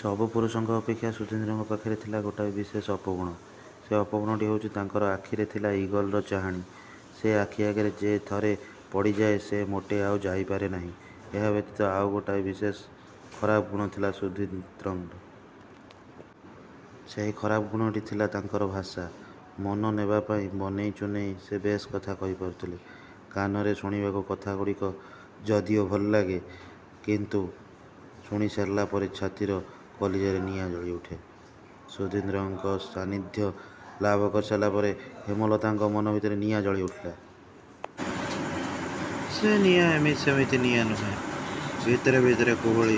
ସବୁ ପୁରୁଷଙ୍କ ଅପେକ୍ଷା ସୁଧୀନ୍ଦ୍ରଙ୍କ ପାଖରେ ଥିଲା ଗୋଟାଏ ବିଶେଷ ଅପଗୁଣ। ସେ ଅପଗୁଣଟି ହେଉଛି ତାଙ୍କର ଆଖିରେ ଥିଲା ଇଗଲର ଚାହାଣି। ସେ ଆଖି ଆଗରେ ଯେ ଥରେ ପଡ଼ିଯାଏ ସେ ମୋଟେ ଆଉ ଯାଇପାରେ ନାହିଁ। ଏହା ବ୍ୟତୀତ ଆଉ ଗୋଟାଏ ବିଶେଷ ଖରାପ ଗୁଣ ଥିଲା ସୁଧୀନ୍ଦ୍ରର। ସେହି ଖରାପ ଗୁଣଟି ଥିଲା ତାଙ୍କର ଭାଷା। ମନ ନେବାପାଇଁ ବନେଇ ଚୁନେଇ ସେ ବେଶ୍ କଥା କହିପାରୁଥିଲେ। କାନରେ ଶୁଣିବାକୁ କଥାଗୁଡ଼ିକ ଯଦିଓ ଭଲଲାଗେ; କିନ୍ତୁ ଶୁଣିସାରିଲା ପରେ ଛାତିର କଳିଜାରେ ନିଆଁ ଜଳିଉଠେ। ସୁଧୀନ୍ଦ୍ରଙ୍କ ସାନିଧ୍ୟ ଲାଭ କରିସାରିଲା ପରେ ହେମଲତାଙ୍କ ମନ ଭିତରେ ନିଆଁ ଜଳିଉଠିଲା। ସେ ନିଆଁ ଏମିତି ସେମିତି ନିଆଁ ନୁହେଁ। ଭିତରେ ଭିତରେ କୁହୁଳି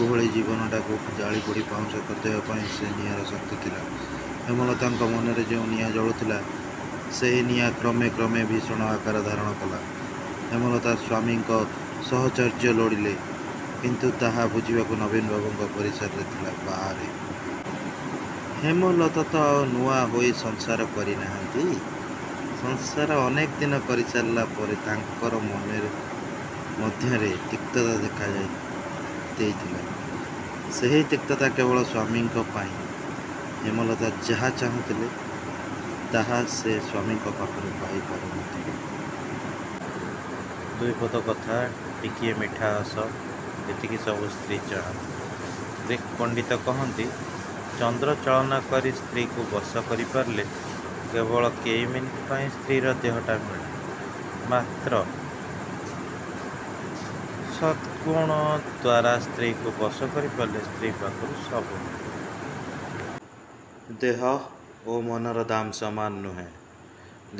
କୁହୁଳି ଜୀବନଟାକୁ ଜାଳିପୋଡ଼ି ପାଉଁଶ କରିଦେବା ପାଇଁ ସେ ନିଆଁର ଶକ୍ତି ଥିଲା। ହେମଲତାଙ୍କ ମନରେ ଯେଉଁ ନିଆଁ ଜଳୁଥିଲା, ସେହି ନିଆଁ କ୍ରମେ କ୍ରମେ ଭୀଷଣ ଆକାର ଧାରଣ କଲା। ହେମଲତା ସ୍ୱାମୀଙ୍କ ସାହଚର୍ଯ୍ୟ ଲୋଡ଼ିଲେ; କିନ୍ତୁ ତାହା ବୁଝିବାକୁ ନବୀନବାବୁଙ୍କ ପରିସରର ଥିଲା ବାହାରେ। ହେମଲତା ତ ଆଉ ନୂଆ ହୋଇ ସଂସାର କରି ନାହାନ୍ତି। ସଂସାର ଅନେକ ଦିନ କରିସାରିଲା ପରେ ତାଙ୍କର ମନ ମଧ୍ୟରେ ତିକ୍ତତା ଦେଖାଦେଇଥିଲା। ସେହି ତିକ୍ତତା କେବଳ ସ୍ୱାମୀଙ୍କ ପାଇଁ। ହେମଲତା ଯାହା ଚାହୁଁଥିଲେ, ତାହା ସେ ସ୍ୱାମୀଙ୍କ ପାଖରୁ ପାଇପାରୁ ନ ଥିଲେ। ଦୁଇପଦ କଥା, ଟିକିଏ ମିଠାହସ ଏତିକି ସବୁ ସ୍ତ୍ରୀ ଚାହାଁନ୍ତି। ଗ୍ରୀକ୍ ପଣ୍ଡିତ କହନ୍ତି, ଚନ୍ଦ୍ର ଚାଳନା କରି ସ୍ତ୍ରୀକୁ ବଶ କରିପାରିଲେ କେବଳ କେଇ ମିନିଟ୍ ପାଇଁ ସ୍ତ୍ରୀର ଦେହଟା ମିଳେ। ମାତ୍ର ସଦ୍ଗୁଣଦ୍ୱାରା ସ୍ତ୍ରୀକୁ ବଶ କରିପାରିଲେ ସ୍ତ୍ରୀ ପାଖରୁ ସବୁ ମିଳେ। ଦେହ ଓ ମନର ଦାମ ସମାନ ନୁହେଁ।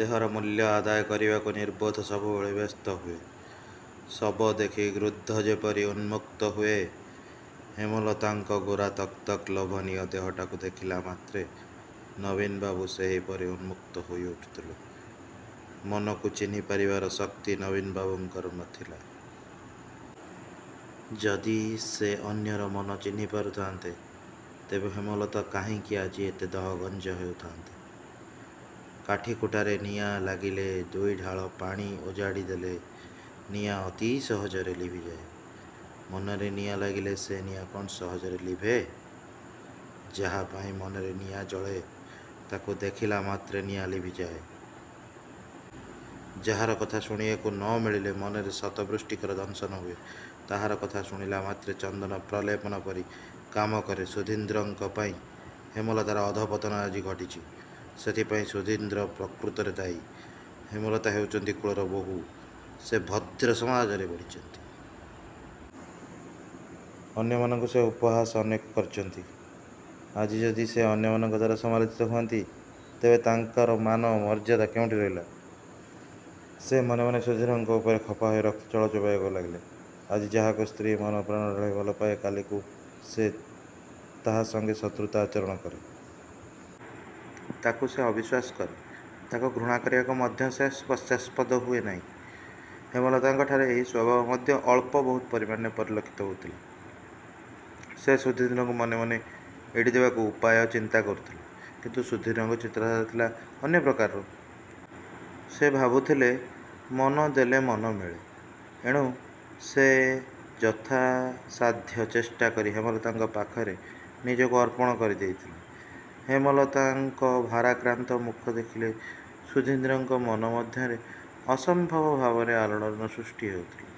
ଦେହର ମୂଲ୍ୟ ଆଦାୟ କରିବାକୁ ନିର୍ବୋଧ ସବୁବେଳେ ବ୍ୟସ୍ତ ହୁଏ। ଶବ ଦେଖି ଗୃଧ୍ର ଯେପରି ଉନ୍ମତ୍ତ ହୁଏ, ହେମଲତାଙ୍କ ଗୋରା ତକତକ ଲୋଭନୀୟ ଦେହଟାକୁ ଦେଖିଲା ମାତ୍ରେ ନବୀନବାବୁ ସେହିପରି ମନ୍ମତ୍ତ ହୋଇଉଠୁଥିଲେ। ମନକୁ ଚିହ୍ନିପାରିବାର ଶକ୍ତି ନବୀନବାବୁଙ୍କର ନ ଥିଲା। ସେ ଯଦି ଅନ୍ୟର ମନ ଚିହ୍ନି ପାରୁଥାନ୍ତେ, ତେବେ ହେମଲତା କାହିଁକି ଆଜି ଏତେ ଦହଗଞ୍ଜ ହେଉଥାନ୍ତେ। କାଠିକୁଟାରେ ନିଆଁ ଲାଗିଲେ ଦୁଇଢାଳ ପାଣି ଓଜାଡ଼ିଦେଲେ ନିଆଁ ଅତି ସହଜରେ ଲିଭିଯାଏ। ମନରେ ନିଆଁ ଲାଗିଲେ ସେ ନିଆଁ କ'ଣ ସହଜରେ ଲିଭେ? ଯାହାପାଇଁ ମନରେ ନିଆଁ ଜଳେ; ତାକୁ ଦେଖିଲା ମାତ୍ରେ ନିଆଁ ଲିଭିଯାଏ। ଯାହାର କଥା ଶୁଣିବାକୁ ନ ମିଳିଲେ ମନରେ ଶତ ବୃଶ୍ଚିକର ଦଂଶନ ହୁଏ, ତାହାର କଥା ଶୁଣିଲାମାତ୍ରେ ଚନ୍ଦନ ପ୍ରଲେପପରି କାମ କରେ। ସୁଧୀନ୍ଦ୍ରଙ୍କ ପାଇଁ ହେମଲତାର ଅଧଃପତନ ଆଜି ଘଟିଛି। ସେଥିପାଇଁ ସୁଧୀନ୍ଦ୍ର ପ୍ରକୃତରେ ଦାୟୀ। ହେମଲତା ହେଉଛନ୍ତି କୁଳର ବୋହୂ। ସେ ଭଦ୍ର ସମାଜରେ ବଢ଼ିଛନ୍ତି। ଅନ୍ୟମାନଙ୍କୁ ସେ ଉପହାସ ଅନେକ କରିଛନ୍ତି। ଆଜି ଯଦି ସେ ଅନ୍ୟମାନଙ୍କଦ୍ୱାରା ସମାଲୋଚିତ ହୁଅନ୍ତି, ତେବେ ତାଙ୍କର ମାନ, ମର୍ଯ୍ୟାଦା କେଉଁଠି ରହିଲା? ସେ ମନେମନେ ସୁଧୀନ୍ଦ୍ର ଉପରେ ଖପାହୋଇ ରକ୍ତଚାଉଳ ଚୋବାଇବାକୁ ଲାଗିଲେ। ଆଜି ଯାହାକୁ ସ୍ତ୍ରୀ ମନପ୍ରାଣ ଢାଳି ଭଲପାଏ, କାଲିକୁ ସେ ତାହା ସଙ୍ଗେ ଶତ୍ରୁତା ଆଚରଣ କରେ। ତାକୁ ସେ ଅବିଶ୍ୱାସ କରେ। ତାକୁ ଘୃଣା କରିବାକୁ ମଧ୍ୟ ସେ ପଶ୍ଚାତ୍ପଦ ହୁଏ ନାହିଁ। ହେମଲତାଙ୍କଠାରେ ଏହି ସ୍ୱଭାବ ମଧ୍ୟ ଅଳ୍ପ ବହୁତ ପରିମାଣରେ ପରିଲକ୍ଷିତ ହୋଇଥିଲା। ସେ ସୁଧୀନ୍ଦ୍ରକୁ ମନେମନେ ଏଡ଼ିଦେବାକୁ ଉପାୟ ଚିନ୍ତା କରୁଥିଲେ। କିନ୍ତୁ ସୁଧୀନ୍ଦ୍ରଙ୍କର ଚିନ୍ତାଧାରା ଥିଲା ଅନ୍ୟପ୍ରକାର। ସେ ଭାବୁଥିଲେ ମନ ଦେଲେ ମନ ମିଳେ। ଏଣୁ ସେ ଯଥାସାଧ୍ୟ ଚେଷ୍ଟାକରି ହେମଲତାଙ୍କ ପାଖରେ ନିଜକୁ ଅର୍ପଣ କରିଦେଇଥିଲେ। ହେମଲତାଙ୍କ ଭାରାକ୍ରାନ୍ତ ମୁଖ ଦେଖିଲେ ସୁଧୀନ୍ଦ୍ରଙ୍କ ମନ ମଧ୍ୟରେ ଅସମ୍ଭବ ଭାବରେ ଆଲୋଡ଼ନ ସୃଷ୍ଟି ହେଉଥିଲା।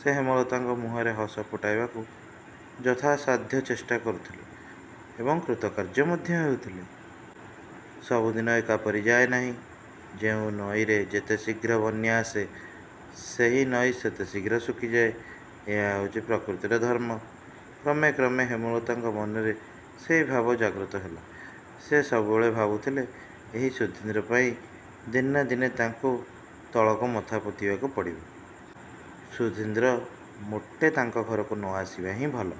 ସେ ହେମଲତାଙ୍କ ମୁହଁରେ ହସଫୁଟାଇବାକୁ ଯଥାସାଧ୍ୟ ଚେଷ୍ଟା କରୁଥିଲେ ଏବଂ କୃତକାର୍ଯ୍ୟ ମଧ୍ୟ ହେଉଥିଲେ। ସବୁଦିନ ଏକାପରି ଯାଏନାହିଁ। ଯେଉଁ ନଈରେ ଯେତେ ଶୀଘ୍ର ବନ୍ୟା ଆସେ, ସେହି ନଈ ସେତେ ଶୀଘ୍ର ଶୁଖିଯାଏ। ଏହା ହେଉଛି ପ୍ରକୃତିର ଧର୍ମ। କ୍ରମେ କ୍ରମେ ହେମଲତାଙ୍କ ମନରେ ସେହି ଭାବ ଜାଗ୍ରତ ହେଲା। ସେ ସବୁବେଳେ ଭାବୁଥିଲେ ଏହି ସୁଧୀନ୍ଦ୍ର ପାଇଁ ଦିନେ ନା ଦିନେ ତାଙ୍କୁ ତଳକୁ ମଥା ପୋତିବାକୁ ପଡ଼ିବ। ସୁଧୀନ୍ଦ୍ର ମୋଟେ ତାଙ୍କ ଘରକୁ ନ ଆସିବା ହିଁ ଭଲ।